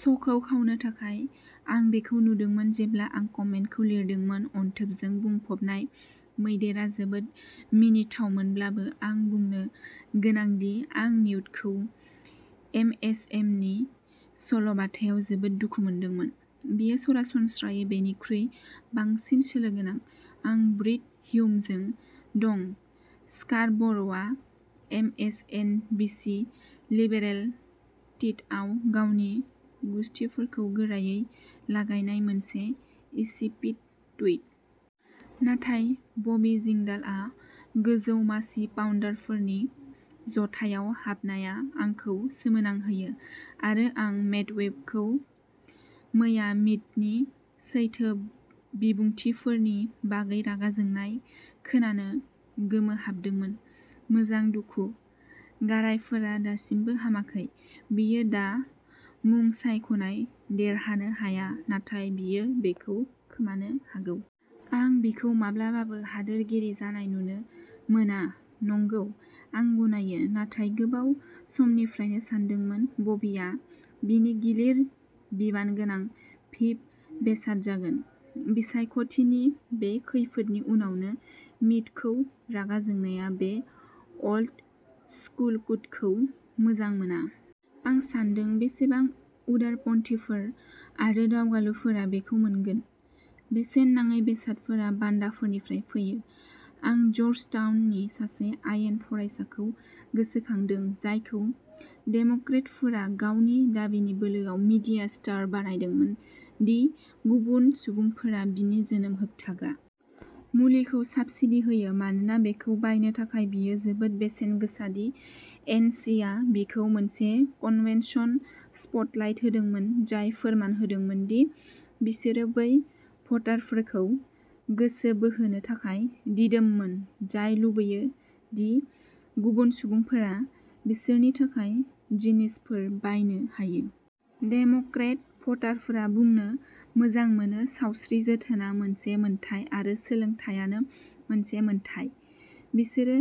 श'खौ खावनो थाखाय। आं बेखौ नुदोंमोन जेब्ला आं कमेन्टखौ लिरदोंमोन अनथोबजों बुंफबनाय मैदेरआ जोबोद मिनिथावमोनब्लाबो आं बुंनो गोनां दि आं निउटखौ एमएसएमनि सल'बाथायाव जोबोद दुखु मोनदोंमोन। बियो सरासनस्रायै बेनिख्रुइ बांसिन सोलो गोनां। आं ब्रिट हिउमजों दं स्कारबर'आ एमएसएनबीसी लिबेरेल टिटआव गावनि गुसथिफोरखौ गोरायै लागायनाय मोनसे इसिपिड टुइट। नाथाय बबी जिंदालआ गोजौ मासि पाउन्डारफोरनि ज'थायाव हाबनाया आंखौ सोमोनांहोयो। आरो आं मेदवेदखौ मैया मिटनि सैथो बिबुंथिफोरनि बागै रागा जोंनाय खोनानो गोमोहाबदोंमोन। मोजां दुखु। गारायफोरा दासिमबो हामाखै। बियो दा मुं सायख'नाय देरहानो हाया नाथाय बियो बेखौ खोमानो हागौ। आं बिखौ माब्लाबाबो हादोरगिरि जानाय नुनो मोना नंगौ आं गनायो नाथाय गोबाव समनिफ्रायनो सानदोंमोन बबीआ बिनि गिलिर बिबानगोनां भिप बेसाद जागोन। बिसायख'थिनि बे खैफोदनि उनावनो मिटखौ रागा जोंनाया बे अल्ड स्कुल'कुटखौ मोजां मोना। आं सानदों बेसेबां उदारपन्थिफोर आरो दावगालुफोरा बेखौ मोनगोन? बेसेन नाङै बेसादफोरा बान्दाफोरनिफ्राय फैयो। आं जर्जटाउननि सासे आयेन फरायसाखौ गोसोखांदों, जायखौ डेम'क्रेटफोरा गावनि दाबिनि बोलोआव मिडिया स्टार बानायदोंमोन दि गुबुन सुबुंफोरा बिनि जोनोम होबथाग्रा मुलिखौ साब्सिडी होयो मानोना बेखौ बायनो थाखाय बियो जोबोद बेसेन गोसा दि एन सि आ बिखौ मोनसे कन्वेन्शन स्पटलाइट होदोंमोन जाय फोरमान होदोंमोन दि बिसोरो बै भटारफोरखौ गोसो बोहोनो थाखाय दिदोममोन जाय लुबैयो दि गुबुन सुबुंफोरा बिसोरनि थाखाय जिनिसफोर बायनो हायो। डेम'क्रेट भटारफोरा बुंनो मोजां मोनो सावस्रि जोथोनआ मोनसे मोन्थाइ आरो सोलोंथायानो मोनसे मोन्थाइ। बिसोरो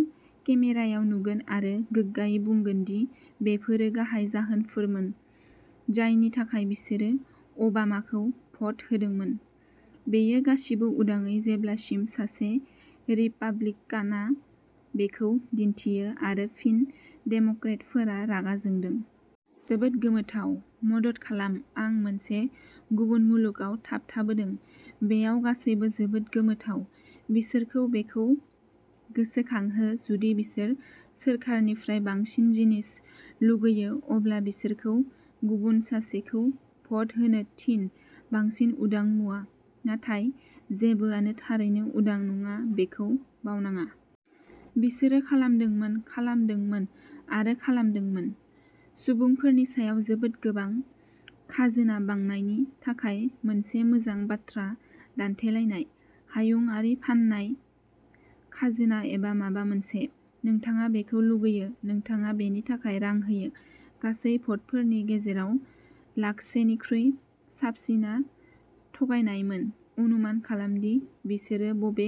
केमेरायाव नुगोन आरो गोग्गायै बुंगोन दि बेफोरो गाहाय जाहोनफोरमोन जायनि थाखाय बिसोरो अबामाखौ भ'ट होदोंमोन। बेयो गासिबो उदाङै जेब्लासिम सासे रिपाब्लिकानआ बेखौ दिन्थियो आरो फिन डेम'क्रेटफोरा रागा जोंदों। जोबोद गोमोथाव। मदद खालाम आं मोनसे गुबुन मुलुगआव थाबथाबोदों। बेयाव गासैबो जोबोद गोमोथाव। बिसोरखौ बेखौ गोसोखांहो जुदि बिसोर सोरखारनिफ्राय बांसिन जिनिस लुगैयो अब्ला बिसोरखौ गुबुन सासेखौ भ'ट होनो थिन बांसिन उदां मुवा। नाथाय जेबोआनो थारैनो उदां नङा बेखौ बावनाङा। बिसोरो खालामदोंमोन खालामदोंमोन आरो खालामदोंमोन। सुबुंफोरनि सायाव जोबोद गोबां खाजोना बांनायनि थाखाय मोनसे मोजां बाथ्रा दान्थेलायनाय। हायुंआरि फान्नाय खाजोना एबा माबा मोनसे। नोंथाङा बेखौ लुगैयो नोंथाङा बेनि थाखाय रां होयो। गासै भटफोरनि गेजेराव लाखसेनिख्रुइ साबसिनआ थगायनायमोन अनुमान खालाम दि बिसोरो बबे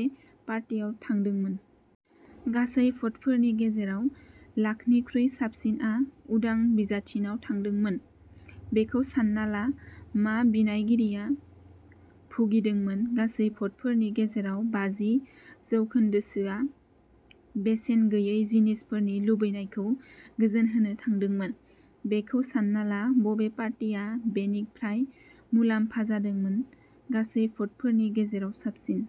पार्टियाव थांदोंमोन। गासै भटफोरनि गेजेराव लाखनिख्रुइ साबसिनआ उदां बिजाथिनाव थांदोंमोन। बेखौ सान्ना ला मा बिनायगिरिया भुगिदोंमोन गासै भटफोरनि गेजेराव बाजि जौखोन्दोसोआ बेसेन गैयै जिनिसफोरनि लुबैनायखौ गोजोनहोनो थांदोंमोन। बेखौ सान्ना ला बबे पार्टिआ बेनिफ्राय मुलाम्फा जादोंमोन गासै भटफोरनि गेजेराव साबसिन।